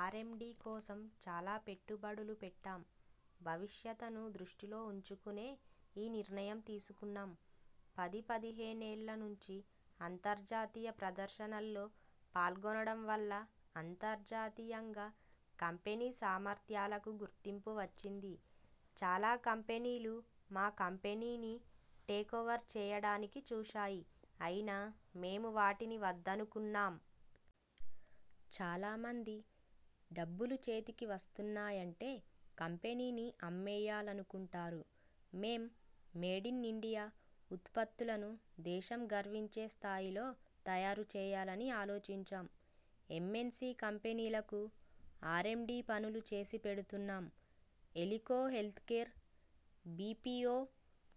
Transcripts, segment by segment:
Are and D కోసం చాలా పెట్టుబడులు పెట్టాం. భవిష్యతను దృష్టిలో ఉంచుకునే ఈ నిర్ణయం తీసుకున్నాం. పదిపదిహేనేళ్ల నుంచి అంతర్జాతీయ ప్రదర్శనల్లో పాల్గొనడం వల్ల అంతర్జాతీయంగా కంపెనీ సామర్థ్యాలకు గుర్తింపు వచ్చింది. చాలా కంపెనీలు మా కంపెనీని టేకోవర్ చేయడానికి చూశాయి. అయినా మేము వాటిని వద్దనుకున్నాం. చాలా మంది డబ్బులు చేతికి వస్తున్నాయంటే కంపెనీని అమ్మేయాలనుకుంటారు. మేం, మేడ్ ఇన్ ఇండియా ఉత్పత్తులను దేశం గర్వించే స్థాయిలో తయారు చేయాలని ఆలోచించాం. ఎంఎన్సి కంపెనీలకు ఆర్అండ్ డి పనులు చేసి పెడుతున్నాం. ఎలికో హెల్త్కేర్ బిపిఒ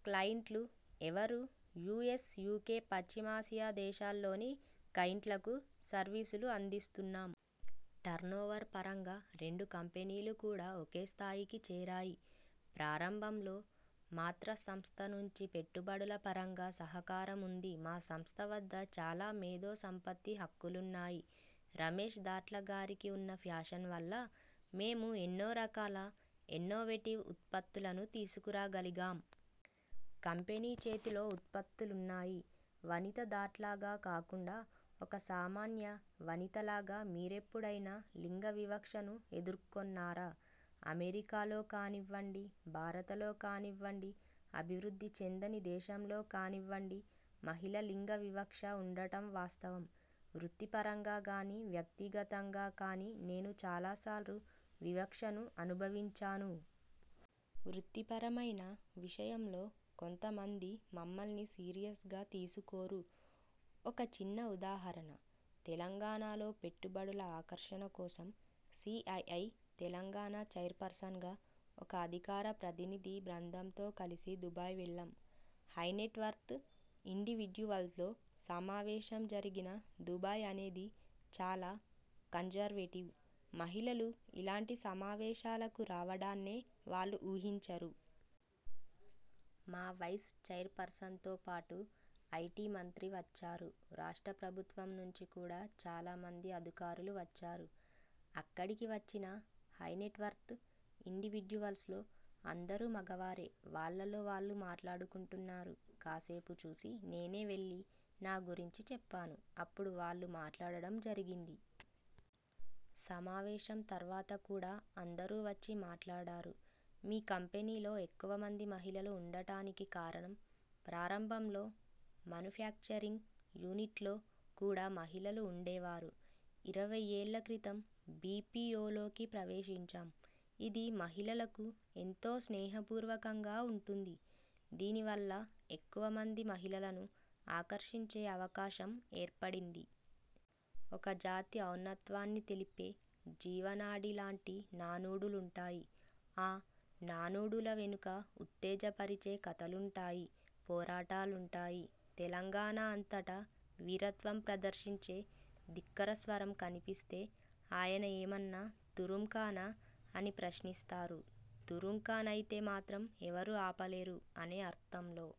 క్లయింట్లు ఎవరు? యుఎస్, యుకె, పశ్చిమాసియా దేశాల్లోని కయింట్లకు సర్వీసులు అందిస్తున్నాం. టర్నోవర్ పరంగా రెండు కంపెనీలు కూడా ఒకేస్థాయికి చేరాయి. ప్రారంభంలో మాతృ సంస్థ నుంచి పెట్టుబడుల పరంగా సహకారం ఉంది. మా సంస్థ వద్ద చాలా మేధో సంపత్తి హక్కులున్నాయి. రమేష్ దాట్ల గారికి ఉన్న ఫ్యాషన్ వల్ల మేము ఎన్నో రకాల ఇన్నోవేటివ్ ఉత్పత్తులను తీసుకురాగలిగాం. కంపెనీ చేతిలో ఉత్పత్తులున్నాయి. వనిత దాట్లగా కాకుండా ఒక సామాన్య వనితలాగా మీరెప్పుడైనా లింగ వివక్షను ఎదుర్కొన్నారా? అమెరికాలో కానివ్వండి, భారతలో కానివ్వండి అభివృద్ధి చెందని దేశంలో కానివ్వండి మహిళా లింగ వివక్ష ఉండటం వాస్తవం. వృత్తిపరంగా గానీ వ్యక్తిగతంగా గానీ నేను చాలాసార్లు వివక్షను అనుభవించాను. వృత్తిపరమైన విషయంలో కొంత మంది మమ్మల్ని సీరియ్సగా తీసుకోరు. ఒక చిన్న ఉదాహరణ తెలంగాణలో పెట్టుబడుల ఆకర్షణ కోసం సిఐఐ తెలంగాణ చైర్పర్సన్గా ఒక అధికార ప్రతినిధి బృందంతో కలిసి దుబాయ్ వెళ్లాం. హైనెట్వర్త్ ఇండివిడ్యువల్స్తో సమావేశం జరిగింది. దుబాయ్ అనేది చాలా కన్జర్వేటివ్. మహిళలు ఇలాంటి సమావేశాలకు రావడాన్నే వాళ్లు ఊహించరు. మా వైస్ చైర్పర్సన్తోపాటు ఐటి మంత్రి వచ్చారు. రాష్ట్ర ప్రభు త్వం నుంచి కూడా చాలా మంది అధికారులు వచ్చారు. అక్కడికి వచ్చిన హైనెట్వర్త్ ఇండివిడ్యువల్స్లో అందరూ మగవారే. వాళ్లలో వాళ్లు మాట్లాడుకుంటున్నారు. కాసేపు చూసి, నేనే వెళ్లి నా గురించి చెప్పాను. అప్పుడు వాళ్లు మాట్లాడటం జరిగింది. సమావేశం తర్వాత కూడా అందరూ వచ్చి మాట్లాడారు. మీ కంపెనీలో ఎక్కువ మంది మహిళలు ఉండటానికి కారణం? ప్రారంభంలో మాన్యుఫ్యాక్చరింగ్ యూనిట్లో కూడా మహిళలు ఉండే వారు. ఇరవై ఏళ్ల క్రితం బిపిఒలోకి ప్రవేశించాం. ఇది మహిళలకు ఎంతో స్నేహపూర్వకంగా ఉంటుంది. దీని వల్ల ఎక్కువ మంది మహిళలను ఆకర్షించే అవకాశం ఏర్పడింది. ఒక జాతి ఔన్నత్వాన్ని తెలిపే జీవనాడి లాంటి నానుడులుంటాయి. ఆ నానుడుల వెనుక ఉత్తేజపరిచే కథలుంటాయి, పోరాటాలుంటాయి. తెలంగాణ అంతటా వీరత్వం ప్రదర్శించే ధిక్కార స్వరం కనిపిస్తే 'ఆయన ఏమన్నా తురుంఖానా? ' అని ప్రశ్నిస్తారు, తురుంఖాన్ అయితే మాత్రం ఎవరూ ఆపలేరు అనే అర్థంలో.